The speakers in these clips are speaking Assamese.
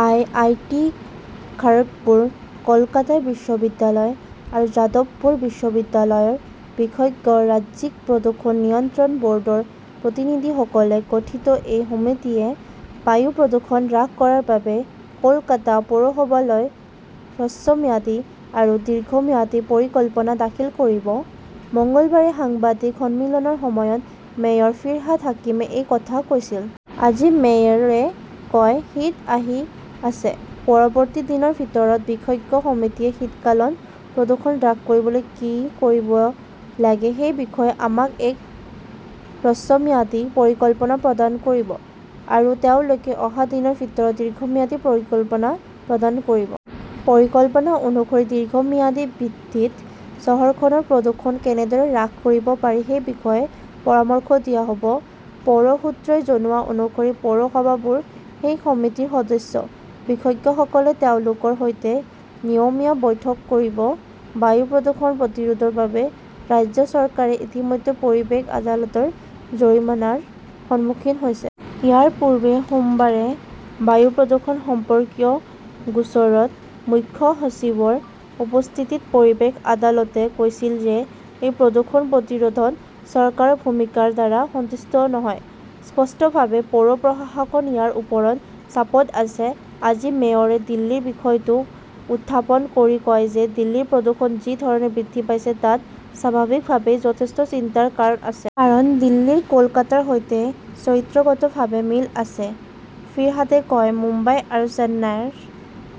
I I T Kharagpur, Kolkata বিশ্ববিদ্যালয় আৰু যাদৱপুৰ বিশ্ববিদ্যালয়ৰ বিশেজ্ঞ, ৰাজ্যিক প্ৰদূষণ নিয়ন্ত্ৰণ ব'ৰ্ডৰ প্ৰতিনিধিসকলে গঠিত এই সমিতিয়ে বায়ু প্ৰদূষণ হ্ৰাস কৰাৰ বাবে কলকাতা পৌৰসভালৈ হস্ৰম্যাদী আৰু দীৰ্ঘম্যাদী পৰিকল্পনা দাখিল কৰিব। মঙলবাৰে সাংবাদিক সন্মিলনৰ সময়ত মেয়ৰ ফিৰহাদ হাকিমে এই কথা কৈছিল। আজি মেয়ৰে কয়, "শীত আহি আছে। পৰৱৰ্তী দিনৰ ভিতৰত বিশজ্ঞ সমিতিয়ে শীতকালত প্ৰদূষণ হ্ৰাস কৰিবলৈ কি কৰিব লাগে সেই বিষয়ে আমাক এক হস্ৰম্যাদী পৰিকল্পনা প্ৰদান কৰিব। আৰু তেওঁলোকে অহা দিনৰ ভিতৰত দীৰ্ঘম্যাদী পৰিকল্পনা প্ৰদান কৰিব। পৰিকল্পনা অনুসৰি দীৰ্ঘম্যাদী ভিত্তিত চহৰখনৰ প্ৰদূষণ কেনেদৰে হ্ৰাস কৰিব পাৰি সেই বিষয়ে পৰামৰ্শ দিয়া হ'ব।" পৌৰ সূত্ৰই জনোৱা অনুসৰি পৌৰসভাবোৰ সেই সমিতিৰ সদস্য। বিশজ্ঞসকলে তেওঁলোকৰ সৈতে নিয়মীয়া বৈঠক কৰিব। বায়ু প্ৰদূষণ প্ৰতিৰোধৰ বাবে ৰাজ্য চৰকাৰে ইতিমধ্যে পৰিৱেশ আদালতৰ জৰিমনাৰ সন্মুখীন হৈছে। ইয়াৰ পূৰ্বে সোমবাৰে বায়ু প্ৰদূষণ সম্পৰ্কীয় গোচৰত মুখ্য সচিবৰ উপস্থিতিত পৰিৱেশ আদালতে কৈছিল যে ই প্ৰদূষণ প্ৰতিৰোধত চৰকাৰৰ ভূমিকাৰ দ্বাৰা সন্তুষ্ট নহয়। স্পষ্টভাৱে পৌৰ প্ৰশাসন ইয়াৰ ওপৰত চাপত আছে। আজি মেয়ৰে দিল্লীৰ বিষয়টো উত্থাপন কৰি কয় যে দিল্লীৰ প্ৰদূষণ যি ধৰণে বৃদ্ধি পাইছে তাত স্বাভাৱিকভাৱেই যথেষ্ট চিন্তাৰ কাৰণ আছে। কাৰণ দিল্লীৰ কলকাতাৰ সৈতে চৰিত্ৰগতভাৱে মিল আছে। ফিৰহাদে কয়, "মুম্বাই আৰু চেন্নাইৰ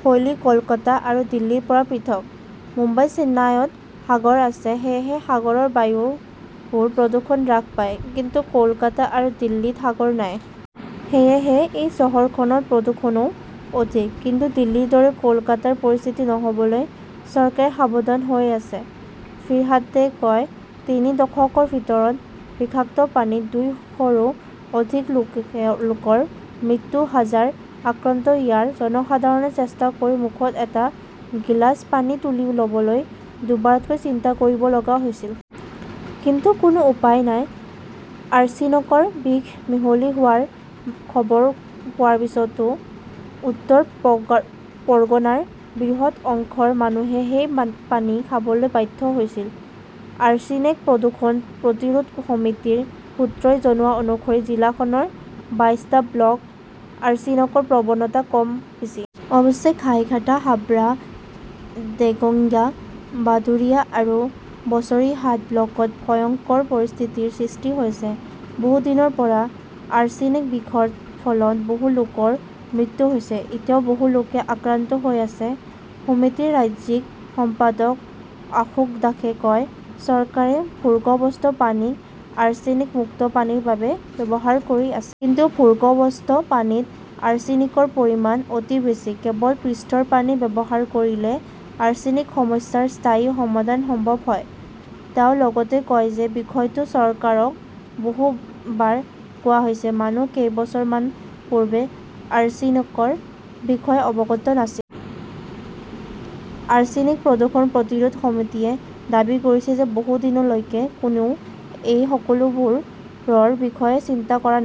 শৈলী কলকাতা আৰু দিল্লীৰ পৰা পৃথক। মুম্বাই, চেন্নাইত সাগৰ আছে। সেয়েহে সাগৰৰ বায়ুৰ প্ৰদূষণ হ্ৰাস পায়। কিন্তু কলকাতা আৰু দিল্লীত সাগৰ নাই। সেয়েহে এই চহৰখনত প্ৰদূষণও অধিক। কিন্তু দিল্লীৰ দৰে কলকাতাৰ পৰিস্থিতি নহ'বলৈ চৰকাৰে সাৱধান হৈ আছে ", ফিৰহাদে কয়। তিনি দশকৰ ভিতৰত বিষাক্ত পানীত দুই শৰো অধিক লোকে লোকৰ মৃত্যু, হাজাৰ আক্ৰান্ত ইয়াৰ জনসাধাৰণে চেষ্টা কৰি মুখত এটা গিলাচ পানী তুলি ল'বলৈ দুবাৰকৈ চিন্তা কৰিব লগা হৈছিল। কিন্তু কোনো উপায় নাই। আৰ্ছেনকৰ বিষ মিহলি হোৱাৰ খবৰ পোৱাৰ পিছতো উত্তৰ পগৰ পৰ্গনাৰ বৃহৎ অংশৰ মানুহে সেই পানী খাবলৈ বাধ্য হৈছিল। আৰ্ছেনেক প্ৰদূষণ প্ৰতিৰোধ সমিতিৰ সূত্ৰই জনোৱা অনুসৰি জিলাখনৰ বাইশটা ব্লক আৰ্ছেনকৰ প্ৰৱণতা কম বেছি। অৱশ্যে, গাইঘাটা, হাবৰা, দেগঙ্গা, বাদুৰিয়া আৰু বছৰিহাট ব্লকত ভয়ংকৰ পৰিস্থিতিৰ সৃষ্টি হৈছে। বহুদিনৰ পৰা আৰ্ছেনিক বিষৰ ফলত বহু লোকৰ মৃত্যু হৈছে। এতিয়াও বহু লোকে আক্ৰান্ত হৈ আছে। সমিতিৰ ৰাজ্যিক সম্পাদক অশোক দাসে কয়, "চৰকাৰে ভূগৰ্ভস্থ পানীক আৰ্ছেনিক মুক্ত পানীৰ বাবে ব্যৱহাৰ কৰি আছে। কিন্তু ভূগৰ্ভস্থ পানীত আৰ্ছেনিকৰ পৰিমাণ অতি বেছি। কেৱল পৃষ্ঠৰ পানী ব্যৱহাৰ কৰিলে আৰ্ছেনিক-সমস্যাৰ স্থায়ী সমাধান সম্ভৱ হয়।" তেওঁ লগতে কয় যে বিষয়টো চৰকাৰক বহুবাৰ কোৱা হৈছে। মানুহ কেইবছৰমান পূৰ্বে আৰ্ছেনকৰ বিষয়ে অৱগত নাছিল। আৰ্ছেনিক প্ৰদূষণ প্ৰতিৰোধ সমিতিয়ে দাবী কৰিছে যে বহুদিনলৈকে কোনেও এই সকলোবোৰৰ বিষয়ে চিন্তা কৰা নাই।